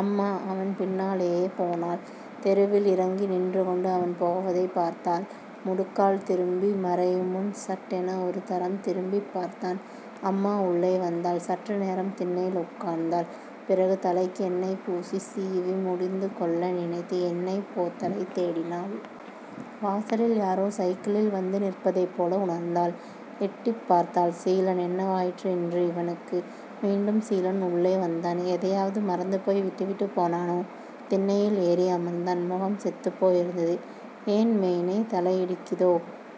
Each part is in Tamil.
அம்மா அவன் பின்னாலேயே போனாள். தெருவில் இறங்கி நின்றுகொண்டு அவன் போவதைப் பார்த்தாள் முடுக்கால் திரும்பி மறையுமுன் சட் என ஒருதரம் திரும்பிப் பார்த்தான். அம்மா உள்ளே வந்தாள். சற்று நேரம் திண்ணையில் உட்கார்ந்தாள். பிறகு தலைக்கு எண்ணெய் பூசி சீவி முடிந்துகொள்ள நினைத்து எண்ணெய்ப் போத்தலைத் தேடினாள். வாசலில் யாரோ சைக்கிளில் வந்து நிற்பதைப் போல உணர்ந்தாள். எட்டிப்பார்த்தாள். சீலன் என்னவாயிற்று இன்று இவனுக்கு? மீண்டும் சீலன் உள்ளே வந்தான். எதையாவது மறந்து போய் விட்டுவிட்டுப் போனானோ? திண்ணையில் ஏறி அமர்ந்தான். முகம் செத்துப்போய் இருந்தது. ஏன் மேனே தலையிடிக்குதோ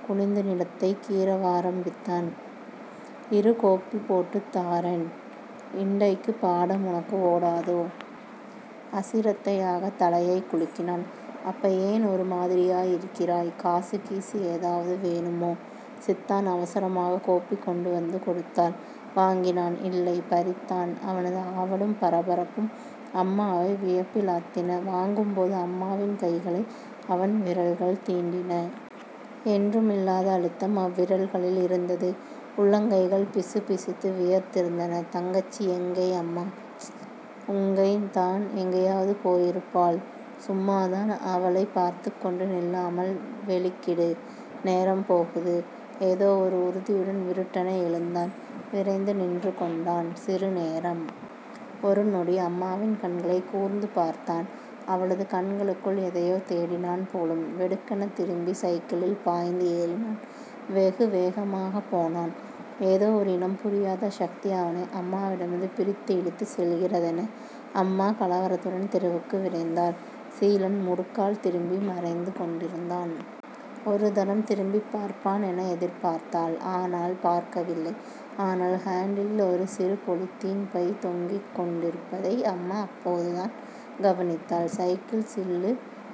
குனிந்துநிலத்தை கீறவாரம்பித்தான். இரு கோப்பி போட்டுத் தாறன் இண்டைக்குப் பாடம் உனக்கு ஓடாதோ? அசிரத்தையாகத் தலையைக் குலுக்கினான். அப்ப ஏன் ஒரு மாதிரியாய் இருக்கிறாய்? காச கீசு ஏதாவது வேணுமோ? சித்தான் அவசரமாகக் கோப்பி கொண்டு வந்து கொடுத்தாள். வாங்கினான். இல்லை பறித்தான் அவனது ஆவலும் பரபரப்பும் அம்மாவை வியப்பிலாழ்த்தின. வாங்கும் போது அம்மாவின் கைகளை அவன் விரல்கள் தீண்டின. என்றுமில்லாத அழுத்தம் அவ்விரல்களில் இருந்தது. உள்ளங்கைகள் பிசுபிசுத்து வியர்த்திருந்தன. தங்கச்சி எங்கை அம்மா......? ப்ச்... உங்கை தான் எங்கையாவது போயிருப்பாள் சும்மா தான் அவளைப் பார்த்துக் கொண்டு நில்லாமல் வெளிக்கிடு.... நேரம் போகுது..... ஏதோ ஒரு உறுதியுடன் விருட்டென எழுந்தான். விறைந்து நின்று கொண்டான். சிறு நேரம். ஒரு நொடி அம்மாவின் கண்களைக் கூர்ந்து பார்த்தான். அவளது கண்களுக்குள் எதையோ தேடினான் போலும்! வெடுக்கெனத் திரும்பிச் சைக்களில் பாய்ந்து ஏறினான். வெகுவேகமாகப் போனான். ஏதோ ஒரு இனம்புரியாத சக்தி அவனை அம்மாவிடமிருந்து பிரித்து இழுத்துச் செல்கிறதென.... அம்மா கலவரத்துடன் தெருவுக்கு விரைந்தாள். சீலன் முடுக்கால் திரும்பி மறைந்து கொண்டிருந்தான். ஒரு தரம் திரும்பிப் பார்ப்பான் என எதிர்பார்த்தாள். அவன் பார்க்கவில்லை. ஆனால் ஹாண்டிலில் ஒரு சிறு பொலித்தீன் பை தொங்கிக் கொண்டிருப்பதை அம்மா அப்போதுதான் கவனித்தாள். சைக்கிள் சில்லு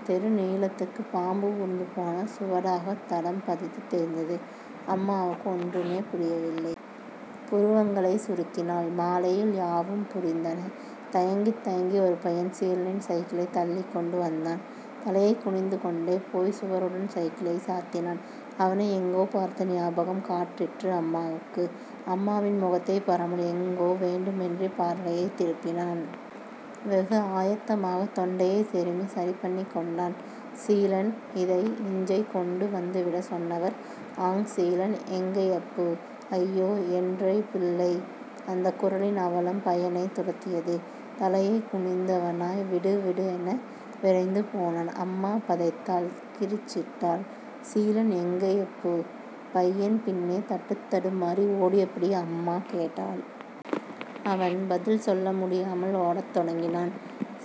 தெரு நீளத்துக்கு பாம்பு ஊர்ந்து போன சுவடாகத் தடம் பதித்துத் தெரிந்தது. அம்மாவுக்கு ஒன்றுமே புரியவில்லை. புருவங்களைச் சுருக்கினாள். மாலையில் யாவும் புரிந்தன. தயங்கித் தயங்கி ஒரு பையன் சீலனின் கைக்கிளைத் தள்ளிக் கொண்டு வந்தான். தலையைக் குனிந்து கொண்டே போய்ச் சுவருடன் சைக்கிளைச் சாத்தினான். அவனை எங்கோ பார்த்த ஞாபகம் காட்டிற்று அம்மாவுக்கு. அம்மாவின் முகத்தைப் பாராமல் எங்கோ வேண்டுமென்றே பார்வையைத் திருப்பினான். வெகு ஆயத்தமாக தொண்டையைச் செருமிச் சரிபண்ணிக் கொண்டான். சீலன்.... இதை... இஞ்சை கொண்டு வந்து விடச் சொன்னவர்...ஆங் சீலன் எங்கையப்பு...ஐயோஎன்ரை பிள்ளை... அந்தக் குரலின் அவலம் பையனைத் துரத்தியது. தலையைத் குனிந்தவனாய் விடுவிடென விரைந்து போனான். அம்மா பதைத்தாள் கிரிச்சிட்டாள். சீலன் எங்கையப்பு....பையன் பின்னே தட்டுத்தடுமாறி ஓடியபடி அம்மா கேட்டாள். அவன் பதில் சொல்ல முடியாமல் ஓடத் தொடங்கினான்.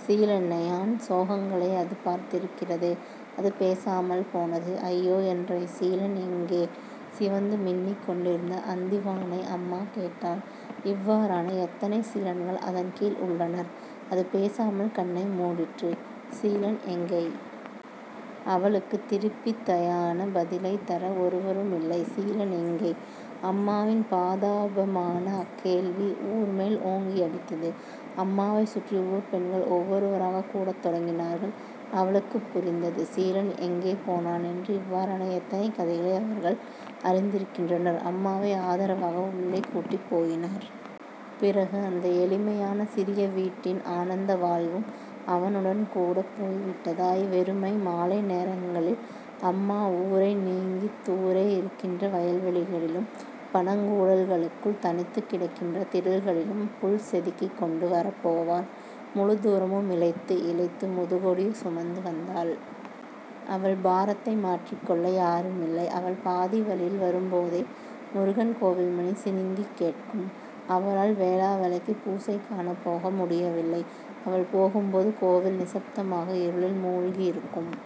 சீலன்னையான் சோகங்களை அது பார்த்திருக்கிறது அது பேசாமல் போனது. ஐயோ, என்ரை சீலன் எங்கே..சிவந்து மின்னிக் கொண்டிருந்த அந்திவானை அம்மா கேட்டாள். இவ்வாறான எத்தனை சீலன்கள் அதன் கீழ் உள்ளனர். அது பேசாமல் கண்ணை மூடிற்று. சீலன் எங்கை? அவளுக்குத் திருப்பிதயான பதிலைத் தர ஒருவரும் இல்லை. சீலன் எங்கை? அம்மாவின் பாதாபமான அக்கேள்வி ஊர் மேல் ஓங்கி அடித்தது. அம்மாவைச் சுற்றி ஊர்ப்பெண்கள் ஒவ்வொருவராகக் கூடத் தொடங்கினார்கள். அவளுக்குப் புரிந்தது சீலன் எங்கே போனான் என்று இவ்வாறான எத்தனை கதைகளை அவர்கள் அறிந்திருக்கின்றனர். அம்மாவை ஆதரவாக உள்ளே கூட்டிப்போயினர். பிறகு, அந்த எளிமையான சிறிய வீட்டின் ஆனந்தவாழ்வும் அவனுடன் கூடப் போய்விட்டதாய்.... வெறுமை மாலை நேரங்களில் அம்மா ஊரை நீங்கித் தூரே இருக்கின்ற வயல்வெளிகளிலும் பனங்கூடல்களுக்குள் தனித்துக் கிடக்கின்ற திடல்களிலும் புல் செதுக்கிக் கொண்டு வரப் போவாள். முழுத் தூரமும் இளைத்து, இளைத்து முதுகொடியச் சுமந்து வந்தாள். அவள் பாரத்தை மாற்றிக்கொள்ள யாருமில்லை. அவள் பாதி வழியில் வரும்போதே முருகன் கோயில் மணி சிணுங்கிக் கேட்கும். அவளால் வேளா வேளைக்கு பூசை காணப்போக முடியவில்லை. அவள் போகும்போது கோயில் நிசப்தமாக இருளில் மூழ்கி இருக்கும்.